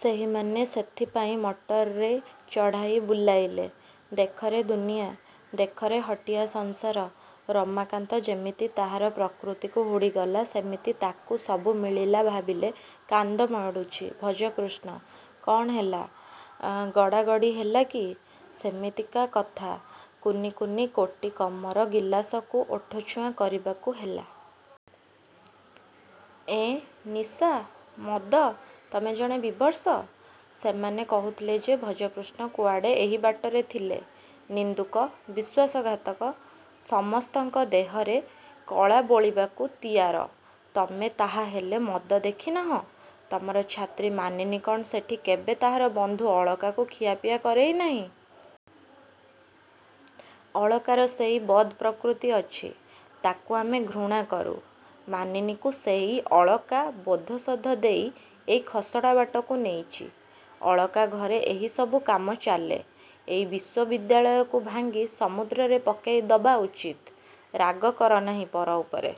ସେହିମାନେ ସେଥିପାଇଁ ମଟରରେ ଚଢ଼ାଇ ବୁଲାଇଲେ। ଦେଖରେ ଦୁନିଆ। ଦେଖରେ ହଟିଆ ସଂସାର-ରମାକାନ୍ତ ଯେମିତି ତାହାର ପ୍ରକୃତିକୁ ହୁଡ଼ିଗଲା ସେମିତି ତା'କୁ ସବୁ ମିଳିଲା ଭାବିଲେ କାନ୍ଦମାଡ଼ୁଛି ଭଜକୃଷ୍ଣ। -କ'ଣ ହେଲା? ଗଡ଼ାଗଡ଼ି ହେଲ କି? -ସେମିତିକା କଥା। କୁନି କୁନି କୋଟିକମର ଗିଲାସକୁ ଓଠଛୁଆଁ କରିବାକୁ ହେଲା। -ଏଁ-ନିଶା? ମଦ? -ତମେ ଜଣେ ବିଭତ୍ସ। -ସେମାନେ କହୁଥିଲେ ଯେ ଭଜକୃଷ୍ଣ କୁଆଡ଼େ ଏହି ବାଟରେ ଥିଲେ? -ନିନ୍ଦୁକ। ବିଶ୍ୱାସଘାତକ। ସମସ୍ତଙ୍କ ଦେହରେ କଳା ବୋଳିବାକୁ ତିଆର। -ତମେ ତାହାହେଲେ ମଦ ଦେଖି ନାହଁ? ତମର ଛାତ୍ରୀ ମାନିନୀ କ'ଣ ସେଠି କେବେ ତାହାର ବଂଧୁ ଅଳକାକୁ ଖିଆପିଆ କରେଇ ନାହିଁ? -ଅଳକାର ସେଇ ବଦ୍ ପ୍ରକୃତି ଅଛି। ତାକୁ ଆମେ ଘୃଣା କରୁ। ମାନିନୀକୁ ସେଇ ଅଳକା ବୋଧଶୋଧ ଦେଇ ଏଇ ଖସଡ଼ାବାଟକୁ ନେଇଛି। ଅଳକା ଘରେ ଏହିସବୁ କାମ ଚାଲେ। ଏଇ ବିଶ୍ୱବିଦ୍ୟାଳୟକୁ ଭାଙ୍ଗି ସମୁଦ୍ରରେ ପକାଇଦବା ଉଚିତ୍। -ରାଗ କର ନାହିଁ ପର ଉପରେ।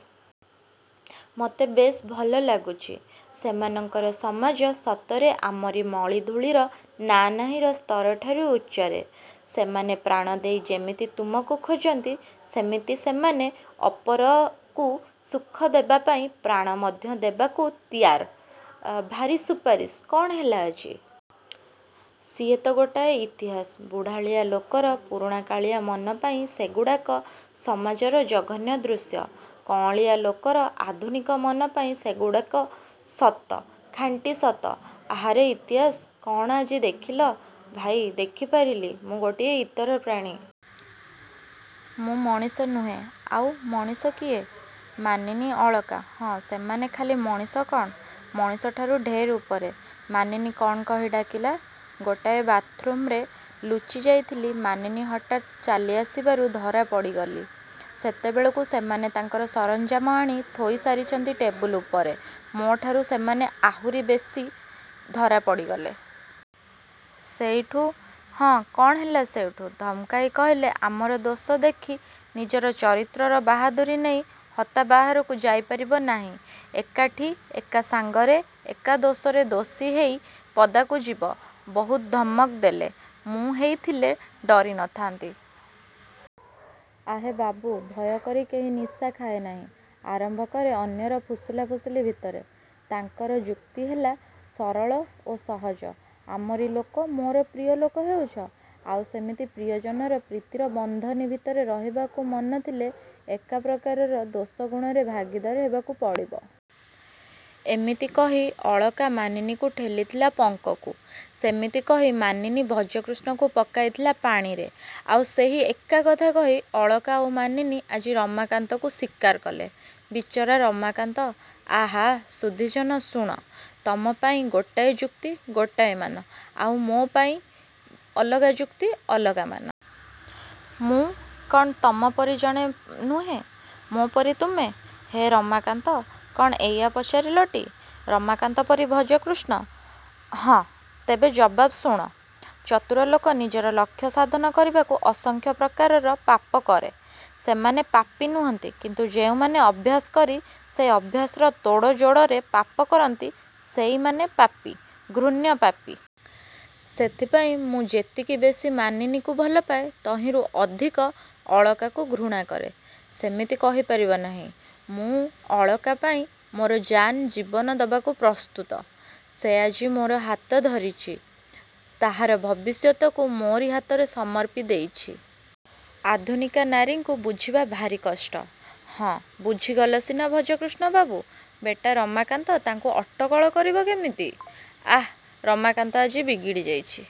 ମତେ ବେଶ୍ ଭଲ ଲାଗୁଛି। ସେମାନଙ୍କର ସମାଜ ସତରେ ଆମରି ମଳିଧୂଳିର ନା ନାହିଁର ସ୍ତରଠାରୁ ଉଚ୍ଚରେ। ସେମାନେ ପ୍ରାଣ ଦେଇ ଯେମିତି ତୁମକୁ ଖୋଜନ୍ତି ସେମିତି ସେମାନେ ଅପରକୁ ସୁଖ ଦେବାପାଇଁ ପ୍ରାଣ ମଧ୍ୟ ଦେବାକୁ ତିଆର। -ଭାରି ସୁପାରିସ? କ'ଣ ହେଲା ଆଜି? -ସିଏ ତ ଗୋଟାଏ ଇତିହାସ। ବୁଢ଼ାଳିଆ ଲୋକର ପୁରୁଣାକାଳିଆ ମନ ପାଇଁ ସେଗୁଡ଼ାକ ସମାଜର ଜଘନ୍ୟ ଦୃଶ୍ୟ। କଅଁଳିଆ ଲୋକର ଆଧୁନିକ ମନ ପାଇଁ ସେଗୁଡ଼ାକ ସତ-ଖାଣ୍ଟି ସତ। -ଆହା ରେ ଇତିହାସ! କ'ଣ ଆଜି ଦେଖିଲ? -ଭାଇ, ଦେଖିପାରିଲି ମୁଁ ଗୋଟାଏ ଇତର ପ୍ରାଣୀ। ମୁଁ ମଣିଷ ନୁହେଁ। -ଆଉ ମଣିଷ କିଏ? ମାନିନୀ, ଅଳକା -ହଁ, ସେମାନେ ଖାଲି ମଣିଷ କ'ଣ-ମଣିଷଠାରୁ ଢେର ଉପରେ। -ମାନିନୀ କ'ଣ କହି ଡାକିଲା? ଗୋଟାଏ ବାଥ୍ରୁମ୍ରେ ଲୁଚି ଯାଇଥିଲି ମାନିନୀ ହଠାତ୍ ଚାଲି ଆସିବାରୁ ଧରା ପଡ଼ିଗଲି। ସେତେବେଳକୁ ସେମାନେ ତାଙ୍କର ସରଞ୍ଜାମ ଆଣି ଥୋଇ ସାରିଛନ୍ତି ଟେବୁଲ ଉପରେ ମୋ' ଠାରୁ ସେମାନେ ଆଉରି ବେଶି ଧରା ପଡ଼ିଗଲେ। ସେଇଠୁ -ହଁ, କ'ଣ ହେଲା ସେଇଠୁ? -ଧମକାଇ କହିଲେ, ଆମର ଦୋଷ ଦେଖି ନିଜର ଚରିତ୍ରର ବାହାଦୁରୀ ନେଇ ହତା ବାହାରକୁ ଯାଇପାରିବ ନାହିଁ। ଏକାଠି, ଏକା ସାଙ୍ଗରେ, ଏକା ଦୋଷରେ ଦୋଷୀ ହେଇ ପଦାକୁ ଯିବ। ବହୁତ ଧମକ ଦେଲେ। -ମୁଁ ହେଇଥିଲେ ଡରି ନ ଥାନ୍ତି। -ଆହେ ବାବୁ, ଭୟ କରି କେହି ନିଶା ଖାଏ ନାହିଁ। ଆରମ୍ଭ କରେ ଅନ୍ୟର ଫୁସୁଲା ଫୁସୁଲି ଭିତରେ। ତାଙ୍କର ଯୁକ୍ତି ହେଲା ସରଳ ଓ ସହଜ। ଆମରି ଲୋକ, ମୋର ପ୍ରିୟ ଲୋକ ହେଉଛ। ଆଉ ସେମିତି ପ୍ରିୟଜନର ପ୍ରୀତିର ବନ୍ଧନୀ ଭିତରେ ରହିବାକୁ ମନଥିଲେ ଏକା ପ୍ରକାରର ଦୋଷଗୁଣରେ ଭାଗୀଦାର ହେବାକୁ ପଡ଼ିବ। -ଏମିତି କହି ଅଳକା ମାନିନୀକୁ ଠେଲିଥିଲା ପଙ୍କକୁ। ସେମିତି କହି ମାନିନୀ ଭଜକୃଷ୍ଣକୁ ପକାଇଥିଲା ପାଣିରେ। ଆଉ ସେହି ଏକା କଥା କହି ଅଳକା ଆଉ ମାନିନୀ ଆଜି ରମାକାନ୍ତକୁ ଶିକାର କଲେ। ବିଚରା ରମାକାନ୍ତ -ଆହା, ସୁଧୀଜନ ଶୁଣ। ତମ ପାଇଁ ଗୋଟାଏ ଯୁକ୍ତି ଗୋଟିଏ ମାନ-ଆଉ ମୋ' ପାଇଁ ଅଲଗା ଯୁକ୍ତି ଅଲଗା ମାନ। ମୁଁ। କ'ଣ ତମ ପରି ଜଣେ ନୁହେଁ? -ମୋ'ପରି ତୁମେ? -ହେ ରମାକାନ୍ତ, କ'ଣ ଏଇଆ ପଚାରିଲଟି-ରମାକାନ୍ତ ପରି ଭଜକୃଷ୍ଣ? -ହଁ। -ତେବେ ଜବାବ ଶୁଣ। ଚତୁର ଲୋକ ନିଜର ଲକ୍ଷ୍ୟସାଧନ କରିବାକୁ ଅସଂଖ୍ୟ ପ୍ରକାରର ପାପ କରେ। ସେମାନେ ପାପୀ ନୁହଁନ୍ତି। କିନ୍ତୁ ଯେଉଁମାନେ ଅଭ୍ୟାସ କରି ସେଇ ଅଭ୍ୟାସର ତୋଡ଼ଯୋଡ଼ରେ ପାପ କରନ୍ତି-ସେହିମାନେ ପାପୀ-ଘୃଣ୍ୟ ପାପୀ। ସେଥିପାଇଁ ମୁଁ ଯେତିକି ବେଶୀ ମାନିନୀକୁ ଭଲପାଏ ତହିଁରୁ ଅଧିକ ଅଳକାକୁ ଘୃଣା କରେ। -ସେମିତି କହି ପାରିବ ନାହିଁ। ମୁଁ ଅଳକା ପାଇଁ ମୋର ଜାନ୍ ଜୀବନ ଦେବାକୁ ପ୍ରସ୍ତୁତ-। ସେ ଆଜି ମୋର ହାତ ଧରିଛି। ତାହାର ଭବିଷ୍ୟତକୁ ମୋରି ହାତରେ ସମର୍ପି ଦେଇଛି-। -ଆଧୁନିକା ନାରୀଙ୍କୁ ବୁଝିବା ଭାରି କଷ୍ଟ। -ହଁ, ବୁଝିଗଲ ସିନା ଭଜକୃଷ୍ଣ ବାବୁ। ବେଟା ରମାକାନ୍ତ ତାଙ୍କୁ ଅଟକଳ କରିବ କେମିତି-? -ଆଃ, ରମାକାନ୍ତ ଆଜି ବିଗିଡ଼ି ଯାଇଛି।